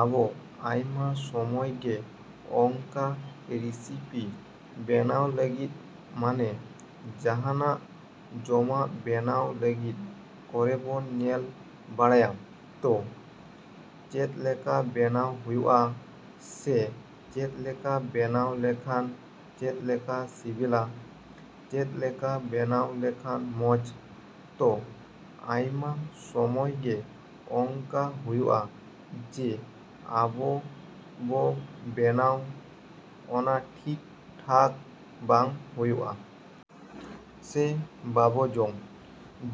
ᱟᱵᱚ ᱟᱭᱢᱟ ᱥᱚᱢᱚᱭ ᱜᱮ ᱚᱝᱠᱟ ᱨᱮᱥᱤᱯᱤ ᱵᱮᱱᱟᱣ ᱞᱟᱹᱜᱤᱫ, ᱢᱟᱱᱮ ᱡᱟᱦᱟᱱᱟᱜ ᱡᱚᱢᱟᱜ ᱵᱮᱱᱟᱣ ᱞᱟᱹᱜᱤᱫ ᱠᱚᱨᱮᱵᱚᱱ ᱧᱮᱞ ᱵᱟᱲᱟᱭᱟ᱾ ᱛᱚ, ᱪᱮᱫᱞᱮᱠᱟ ᱵᱮᱱᱟᱣ ᱦᱩᱭᱩᱜᱼᱟ ᱥᱮ ᱪᱮᱫᱞᱮᱠᱟ ᱵᱮᱱᱟᱣ ᱞᱮᱠᱷᱟᱱ ᱪᱮᱫᱞᱮᱠᱟ ᱥᱤᱵᱤᱞᱟ? ᱪᱮᱫᱞᱮᱠᱟ ᱵᱮᱱᱟᱣ ᱞᱮᱠᱷᱟᱱ ᱢᱚᱡᱽ? ᱛᱚ, ᱟᱭᱢᱟ ᱥᱚᱢᱚᱭ ᱜᱮ ᱚᱝᱠᱟ ᱦᱩᱭᱩᱜᱼᱟ ᱡᱮ, ᱟᱵᱚ ᱵᱚ ᱵᱮᱱᱟᱣ ᱚᱱᱟ ᱴᱷᱤᱠᱼᱴᱷᱟᱠ ᱵᱟᱝ ᱦᱩᱭᱩᱜᱼᱟ᱾ ᱥᱮ ᱵᱟᱵᱚ ᱡᱚᱢ,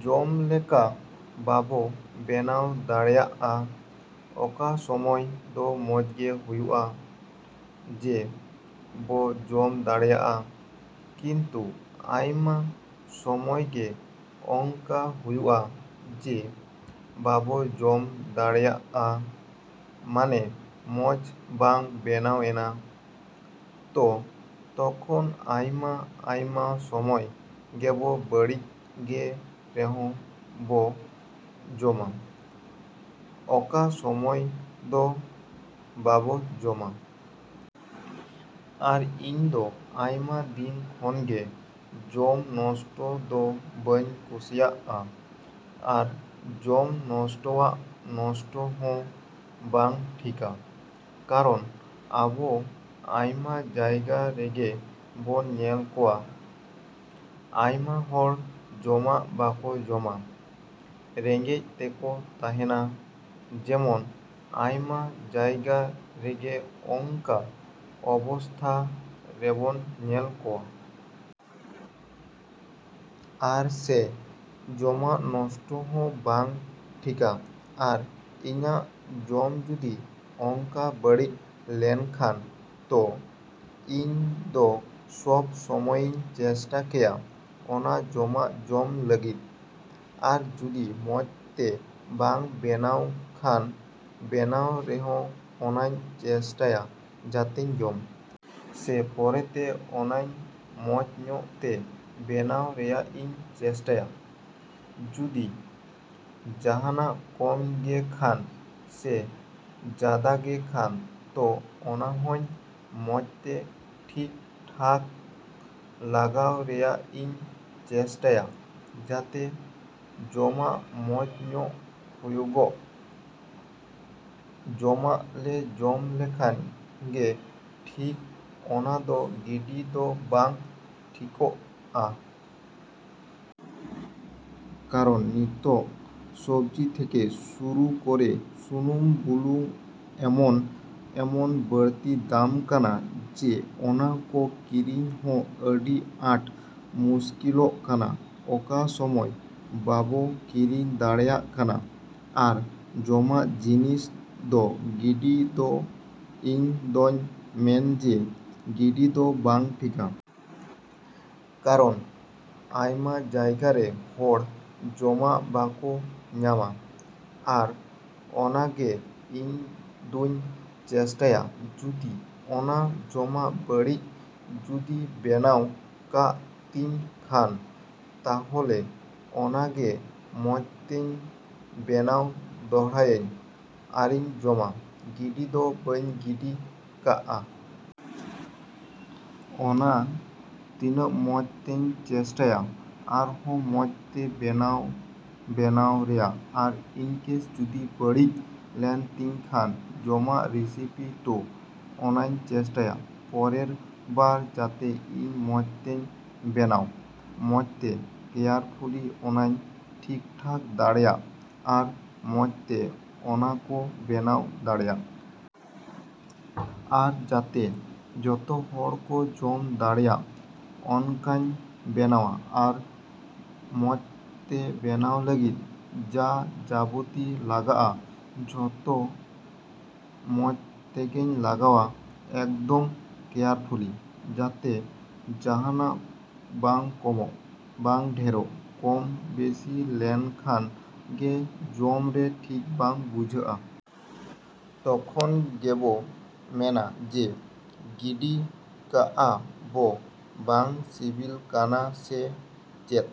ᱡᱚᱢ ᱞᱮᱠᱟ ᱵᱟᱵᱚ ᱵᱮᱱᱟᱣ ᱫᱟᱲᱮᱭᱟᱜᱼᱟ᱾ ᱚᱠᱟ ᱥᱚᱢᱚᱭ ᱫᱚ ᱢᱚᱡᱽ ᱜᱮ ᱦᱩᱭᱩᱜᱼᱟ ᱡᱮ, ᱵᱚ ᱡᱚᱢ ᱫᱟᱲᱮᱭᱟᱜᱼᱟ᱾ ᱠᱤᱱᱛᱩ ᱟᱭᱢᱟ ᱥᱚᱢᱚᱭ ᱜᱮ ᱚᱝᱠᱟ ᱦᱩᱭᱩᱜᱼᱟ ᱡᱮ, ᱵᱟᱵᱚ ᱡᱚᱢ ᱫᱟᱲᱮᱭᱟᱜᱼᱟ, ᱢᱟᱱᱮ ᱢᱚᱡᱽ ᱵᱟᱝ ᱵᱮᱱᱟᱣᱮᱱᱟ᱾ ᱛᱚ, ᱛᱚᱠᱷᱚᱱ ᱟᱭᱢᱟ ᱟᱭᱢᱟ ᱥᱚᱢᱚᱭ ᱜᱮᱵᱚ ᱵᱟᱹᱲᱤᱡ ᱜᱮ ᱨᱮᱦᱚᱸ ᱵᱚ ᱡᱚᱢᱟ, ᱚᱠᱟ ᱥᱚᱢᱚᱭ ᱫᱚ ᱵᱟᱵᱚ ᱡᱚᱢᱟ᱾ ᱟᱨ ᱤᱧ ᱫᱚ ᱟᱭᱢᱟ ᱫᱤᱱ ᱠᱷᱚᱱ ᱜᱮ ᱡᱚᱢ ᱱᱚᱥᱴᱚ ᱫᱚ ᱵᱟᱹᱧ ᱠᱩᱥᱤᱭᱟᱜᱼᱟ᱾ ᱟᱨ ᱡᱚᱢ ᱱᱚᱥᱴᱚᱣᱟᱜ ᱱᱚᱥᱴᱚ ᱦᱚᱸ ᱵᱟᱝ ᱴᱷᱤᱠᱟ᱾ ᱠᱟᱨᱚᱱ ᱟᱵᱚ ᱟᱭᱢᱟ ᱡᱟᱭᱜᱟ ᱨᱮᱜᱮ ᱵᱚᱱ ᱧᱮᱞ ᱠᱚᱣᱟ ᱟᱭᱢᱟ ᱦᱚᱲ ᱡᱚᱢᱟᱜ ᱵᱟᱠᱚ ᱧᱟᱢᱟ, ᱨᱮᱸᱜᱮᱡ ᱛᱮᱠᱚ ᱛᱟᱦᱮᱱᱟ ᱡᱮᱢᱚᱱ ᱟᱭᱢᱟ ᱡᱟᱭᱜᱟ ᱨᱮᱜᱮ ᱚᱝᱠᱟ ᱚᱵᱚᱥᱛᱷᱟ ᱨᱮᱵᱚᱱ ᱧᱮᱞ ᱠᱚᱣᱟ᱾ ᱟᱨ ᱥᱮ ᱡᱚᱢᱟᱜ ᱱᱚᱥᱴᱚ ᱦᱚᱸ ᱵᱟᱝ ᱴᱷᱤᱠᱟ᱾ ᱟᱨ ᱤᱧᱟᱹᱜ ᱡᱚᱢ ᱡᱩᱫᱤ ᱚᱝᱠᱟ ᱵᱟᱹᱲᱤᱡ ᱞᱮᱱᱠᱷᱟᱱ ᱛᱚ, ᱤᱧ ᱫᱚ ᱥᱚᱵᱽ ᱥᱚᱢᱚᱭᱤᱧ ᱪᱮᱥᱴᱟ ᱠᱮᱭᱟ ᱚᱱᱟ ᱡᱚᱢᱟᱜ ᱡᱚᱢ ᱞᱟᱹᱜᱤᱫ᱾ ᱟᱨ ᱡᱩᱫᱤ ᱢᱚᱡᱽᱛᱮ ᱵᱟᱝ ᱵᱮᱱᱟᱣ ᱠᱷᱟᱱ, ᱵᱮᱱᱟᱣ ᱨᱮᱦᱚᱸ, ᱚᱱᱟᱧ ᱪᱮᱥᱴᱟᱭᱟ ᱡᱟᱛᱮᱧ ᱡᱚᱢ᱾ ᱥᱮ ᱯᱚᱨᱮᱛᱮ ᱚᱱᱟᱧ ᱢᱚᱡᱽ ᱧᱚᱜ ᱛᱮ ᱵᱮᱱᱟᱣ ᱨᱮᱭᱟᱜ ᱤᱧ ᱪᱮᱥᱴᱟᱭᱟ᱾ ᱡᱩᱫᱤ ᱡᱟᱦᱟᱱᱟᱜ ᱠᱚᱢ ᱜᱮ ᱠᱷᱟᱱ ᱥᱮ ᱡᱟᱫᱟ ᱜᱮ ᱠᱷᱟᱱ ᱛᱚ ᱚᱱᱟᱦᱚᱧ ᱢᱚᱡᱽᱛᱮ ᱴᱷᱤᱠᱼᱴᱷᱟᱠ ᱞᱟᱜᱟᱣ ᱨᱮᱭᱟᱜ ᱤᱧ ᱪᱮᱥᱴᱟᱭᱟ ᱡᱟᱛᱮ ᱡᱚᱢᱟᱜ ᱢᱚᱡᱽ ᱧᱚᱜ ᱦᱩᱭᱩᱜᱚᱜ᱾ ᱡᱚᱢᱟᱜ ᱞᱮ ᱡᱚᱢ ᱞᱮᱠᱷᱟᱱ ᱜᱮ ᱴᱷᱤᱠ ᱚᱱᱟ ᱫᱚ ᱜᱤᱰᱤ ᱫᱚ ᱵᱟᱝ ᱴᱷᱤᱠᱚᱜᱼᱟ᱾ ᱠᱟᱨᱚᱱ ᱱᱤᱛᱚᱜ ᱥᱚᱵᱽᱡᱤ ᱛᱷᱮᱠᱮ ᱥᱩᱨᱩ ᱠᱚᱨᱮ ᱥᱩᱱᱩᱢ ᱵᱩᱞᱩᱝ ᱮᱢᱚᱱ, ᱮᱢᱚᱱ ᱵᱟᱲᱛᱤ ᱫᱟᱢ ᱠᱟᱱᱟ ᱡᱮ ᱚᱱᱟ ᱠᱚ ᱠᱤᱨᱤᱧ ᱦᱚᱸ ᱟᱹᱰᱤ ᱟᱴ ᱢᱩᱥᱠᱤᱞᱚᱜ ᱠᱟᱱᱟ ᱚᱠᱟ ᱥᱚᱢᱚᱭ ᱵᱟᱵᱚ ᱠᱤᱨᱤᱧ ᱫᱟᱲᱮᱭᱟᱜ ᱠᱟᱱᱟ᱾ ᱟᱨ ᱡᱚᱢᱟᱜ ᱡᱤᱱᱤᱥ ᱫᱚ ᱜᱤᱰᱤ ᱫᱚ ᱤᱧ ᱫᱚᱧ ᱢᱮᱱ ᱡᱮ, ᱜᱤᱰᱤ ᱫᱚ ᱵᱟᱝ ᱴᱷᱤᱠᱟ᱾ ᱠᱟᱨᱚᱱ ᱟᱭᱢᱟ ᱡᱟᱭᱜᱟ ᱨᱮ ᱦᱚᱲ ᱡᱚᱢᱟᱜ ᱵᱟᱠᱚ ᱧᱟᱢᱟ᱾ ᱟᱨ ᱚᱱᱟᱜᱮ ᱤᱧ ᱫᱩᱧ ᱪᱮᱥᱴᱟᱭᱟ ᱡᱩᱫᱤ ᱚᱱᱟ ᱡᱚᱢᱟᱜ ᱵᱟᱹᱲᱤᱡ ᱡᱩᱫᱤ ᱵᱮᱱᱟᱣ ᱠᱚᱜ ᱛᱤᱧ ᱠᱷᱟᱱ ᱛᱟᱦᱚᱞᱮ ᱚᱱᱟᱜᱮ ᱢᱚᱡᱽ ᱛᱮᱧ ᱵᱮᱱᱟ ᱫᱚᱦᱲᱟᱭᱟᱹᱧ ᱟᱨᱤᱧ ᱡᱚᱢᱟ᱾ ᱜᱤᱰᱤ ᱫᱚ ᱵᱟᱹᱧ ᱜᱤᱰᱤ ᱠᱟᱜᱼᱟ᱾ ᱚᱱᱟ ᱛᱤᱱᱟᱹᱜ ᱢᱚᱡᱽᱛᱤᱧ ᱪᱮᱥᱴᱟᱭᱟ ᱟᱨᱦᱚᱸ ᱢᱚᱡᱽᱛᱮ ᱵᱮᱱᱟᱣ ᱵᱮᱱᱟᱣ ᱨᱮᱭᱟᱜ᱾ ᱟᱨ ᱤᱱᱠᱮᱥ ᱡᱩᱫᱤ ᱵᱟᱹᱲᱤᱡ ᱞᱮᱱ ᱛᱤᱧ ᱠᱷᱟᱱ ᱡᱚᱢᱟᱜ ᱨᱮᱥᱤᱯᱤ ᱛᱚ, ᱚᱱᱟᱧ ᱪᱮᱥᱴᱟᱭᱟ ᱯᱚᱨᱮᱨ ᱵᱟᱨ ᱡᱟᱛᱮ ᱤᱧ ᱢᱚᱡᱽᱛᱮᱧ ᱵᱮᱱᱟᱣ, ᱢᱚᱡᱽᱛᱮ ᱠᱮᱭᱟᱨᱯᱷᱩᱞᱞᱤ ᱚᱱᱟᱧ ᱴᱷᱤᱠᱼᱴᱷᱟᱠ ᱫᱟᱲᱮᱭᱟᱜ᱾ ᱟᱨ ᱢᱚᱡᱽᱛᱮ ᱚᱱᱟᱠᱚ ᱵᱮᱱᱟᱣ ᱫᱟᱲᱮᱭᱟᱜ᱾ ᱟᱨ ᱡᱟᱛᱮ ᱡᱚᱛᱚ ᱦᱚᱲ ᱠᱚ ᱡᱚᱢ ᱫᱟᱲᱮᱭᱟᱜ ᱚᱱᱠᱟᱧ ᱵᱮᱱᱟᱣᱟ᱾ ᱟᱨ ᱢᱚᱡᱽᱛᱮ ᱵᱮᱱᱟᱣ ᱞᱟᱹᱜᱤᱫ ᱡᱟᱼᱡᱟᱵᱚᱛᱤ ᱞᱟᱜᱟᱜᱼᱟ, ᱡᱚᱛᱚ ᱢᱚᱡᱽ ᱛᱮᱜᱮᱧ ᱞᱟᱜᱟᱣᱟ ᱮᱠᱫᱚᱢ ᱠᱮᱭᱟᱨᱯᱷᱩᱞᱞᱤ᱾ ᱡᱟᱛᱮ ᱡᱟᱦᱟᱱᱟᱜ ᱵᱟᱝ ᱠᱚᱢᱚᱜ, ᱵᱟᱝ ᱰᱷᱮᱨᱚᱜ᱾ ᱠᱚᱢ, ᱵᱤᱥᱤ ᱞᱮᱱᱠᱷᱟᱱ ᱜᱮ ᱡᱚᱢ ᱨᱮ ᱴᱷᱤᱠ ᱵᱟᱝ ᱵᱩᱡᱷᱟᱹᱜᱼᱟ᱾ ᱛᱚᱠᱷᱚᱱ ᱜᱮᱵᱚ ᱢᱮᱱᱟ ᱡᱮ, ᱜᱤᱰᱤ ᱠᱟᱜᱼᱟ ᱵᱚ ᱵᱟᱝ ᱥᱤᱵᱤᱞ ᱠᱟᱱᱟ ᱥᱮ ᱪᱮᱫ᱾